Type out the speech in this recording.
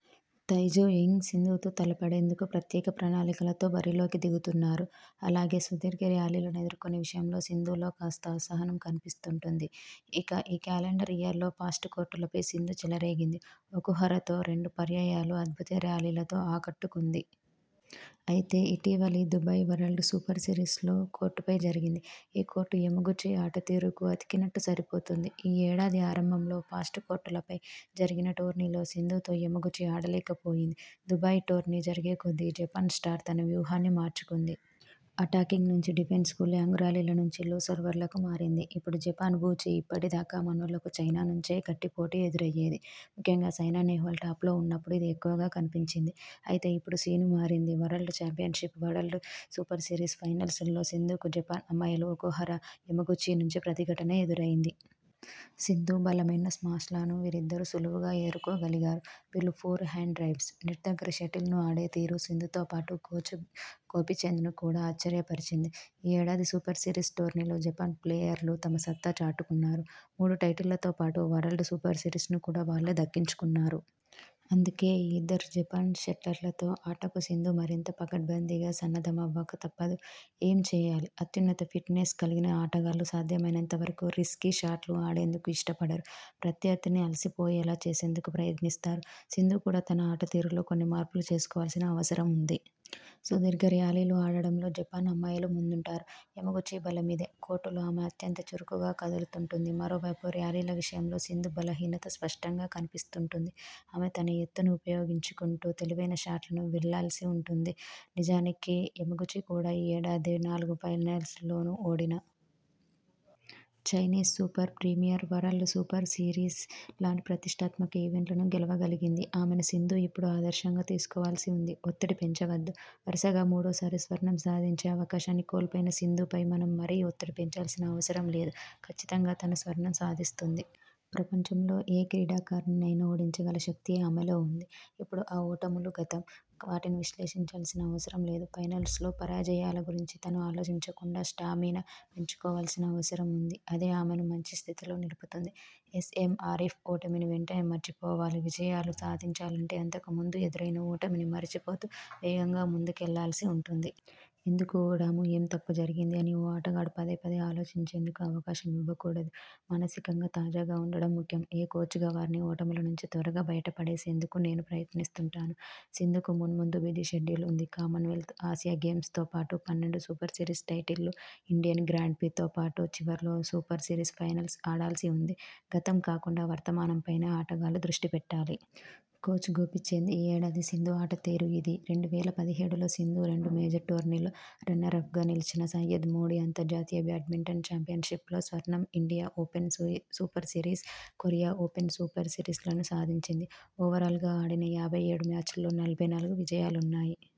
తై Tzu Ying.. సింధుతో తలపడేందుకు ప్రత్యేక ప్రణాళికలతో బరిలో కి దిగుతున్నారు. అలాగే సుదీర్ఘ ర్యాలీలను ఎదుర్కొనే విషయంలో సింధులో కాస్త అసహనం కనిపిస్తుంటుంది. ఇక ఈ క్యాలెండర్ ఇయర్లో ఫాస్ట్ కోర్టులపై సింధు చెలరేగింది. ఒకుహరతో రెండు పర్యాయాలు అద్భుత ర్యాలీలతో ఆకట్టుకుంది. అయితే ఇటీవలి Dubai world super series slow కోర్టుపై జరిగింది. ఈ కోర్టు యమగుచి ఆటతీరుకు అతికినట్టు సరిపోతుంది. ఈ ఏడాది ఆరంభంలో ఫాస్ట్ కోర్టులపై జరిగిన టోర్నీల్లో సింధుతో యమగుచి ఆడలేకపోయింది. దుబాయ్ టోర్నీ జరిగేకొద్దీ ఈ జపాన్ స్టార్ తన వ్యూహాన్ని మార్చుకుంది. అటాకింగ్ నుంచి డిఫెన్స్కు.. లాంగ్ ర్యాలీల నుంచి లో సర్వ్లకు మారింది. ఇప్పుడు జపాన్ బూచి ఇప్పటిదాకా మనోళ్లకు చైనా నుంచే గట్టిపోటీ ఎదురయ్యేది. ముఖ్యంగా సైనా నెహ్వాల్ టాప్లో ఉన్నప్పుడు ఇది ఎక్కువగా కనిపించింది. అయితే ఇప్పుడు సీన్ మారింది. World championship, world super series finals లో సింధుకు జపాన్ అమ్మాయిలు ఒకుహ రా, యమగుచి నుంచే ప్రతి ఘటన ఎదురైంది. సింధు బలమైన స్మాష్ల ను వీరిద్దరు సులువుగా ఎదుర్కో గలిగారు. వీళ్లు ఫోర్ హ్యాండ్ డ్రైవ్స్, నెట్ దగ్గర షటిల్ను ఆడేతీరు సింధుతో పాటు కోచ్ గోపీచంద్ను కూడా ఆశ్చర్యపరిచింది. ఈ ఏడాది సూపర్సిరీస్ టోర్నీల్లో జపాన్ ప్లేయర్లు తమ సత్తా చాటుకున్నారు. మూడు టైటిళ్లతో పాటు వరల్డ్ సూపర్ సిరీస్ను కూడా వాళ్లే దక్కించుకున్నారు. అందుకే ఈ ఇద్దరు జపాన్ షట్లర్లతో ఆటకు సింధు మరింత పకడ్బందీగా సన్నద్ధమవ్వక తప్పదు. ఏం చేయాలి? అత్యున్నత ఫిట్నెస్ కలిగిన ఆటగాళ్లు సాధ్యమైనంత వరకు రిస్కీ షాట్లు ఆడేందుకు ఇష్టపడరు. ప్రత్యర్థిని అలసిపోయేలా చేసేందుకు ప్రయత్నిస్తారు. సింధు కూడా తన ఆటతీరులో కొన్ని మార్పులు చేసుకోవాల్సిన అవసరముంది. సుదీర్ఘ ర్యాలీలు ఆడడంలో జపాన్ అమ్మాయిలు ముందుంటారు. యమగుచి బలమిదే.. కోర్టులో ఆమె అత్యంత చురుగ్గా కదులుతుంటుంది. మరోవైపు ర్యాలీల విషయంలో సింధు బలహీనత స్పష్టంగా కనిపిస్తుంటుంది. ఆమె తన ఎత్తును ఉపయోగించుకుంటూ తెలివైన షాట్లకు వెళ్లల్సి ఉంటుంది. నిజానికి యమగుచి కూడా ఈ ఏడాది నాలుగు ఫైనల్స్ లోనూ ఓడినా.. Chinese super premier, world super series లాంటి ప్రతిష్ఠాత్మక ఈవెంట్లను గెలవగలిగింది. ఆమెను సింధు ఇప్పుడు ఆదర్శంగా తీసుకోవాల్సి ఉంది. ఒత్తిడి పెంచవద్దు. వరుసగా మూడోసారి స్వర్ణం సాధించే అవకాశాన్ని కోల్పోయిన సింధుపై మనం మరీ ఒత్తిడి పెంచాల్సిన అవసరం లేదు. కచ్చితంగా తను స్వర్ణం సాధిస్తుంది. ప్రపంచంలో ఏ క్రీడాకారిణినైనా ఓడించగల శక్తి ఆమెలో ఉంది. ఇప్పుడు ఆ ఓటములు గతం. వాటిని విశ్లేషించాల్సిన అవసరం లేదు. ఫైనల్స్లో పరాజయాల గురించి తను ఆలోచించకుండా స్టామినా పెంచుకోవాల్సిన అవసరం ఉంది. అదే ఆమెను మంచి స్థితిలో నిలుపుతుంది. ఎస్ఎం ఆరిఫ్ ఓటమిని వెంటనే మర్చిపోవాలివిజయాలు సాధించాలంటే అంతకు ముందు ఎదురైన ఓటమిని మరిచిపోతూ వేగంగా ముందుకెళ్లాల్సి ఉంటుంది. ఎందుకు ఓడాము.. ఏం తప్పు జరిగింది? అని ఓ ఆటగాడు పదేపదే ఆలోచించేందుకు అవకాశం ఇవ్వకూడదు. మానసికంగా తాజాగా ఉండడం ముఖ్యం. ఓ కోచ్గా వారిని ఓటముల నుంచి త్వరగా బయటపడేసేందుకు నేను ప్రయత్నిస్తుంటాను. సింధుకు మున్ముందు బిజీ షెడ్యూల్ ఉంది. కామన్వెల్త్, ఆసియా గేమ్స్తో పాటు పన్నెండు సూపర్ సిరీస్ టైటిళ్లు, ఇండియన్ గ్రాండ్ప్రీతో పాటు చివర్లో సూపర్ సిరీస్ ఫైనల్స్ ఆడాల్సి ఉంది గతం కాకుండా వర్తమానం పైనే ఆటగాళ్లు దృష్టి పెట్టాలి. కోచ్ గోపీచంద్ ఈ ఏడాది సింధు ఆటతీరు ఇదీ.. రెండు వేల పదిహేడులో సింధు రెండు మేజర్ టోర్నీల్లో రన్నరప్గా నిలిచినా సయ్యద్ మోడీ అంతర్జాతీయ బ్యాడ్మింటన్ చాంపియన్పిప్లో స్వర్ణం India open super series, Korea open super సిరీస్లను సాధించింది ఓవరాల్గా ఆడిన యాభై ఏడు మ్యాచ్ల్లో నలభై నాలుగు విజయాలున్నాయి.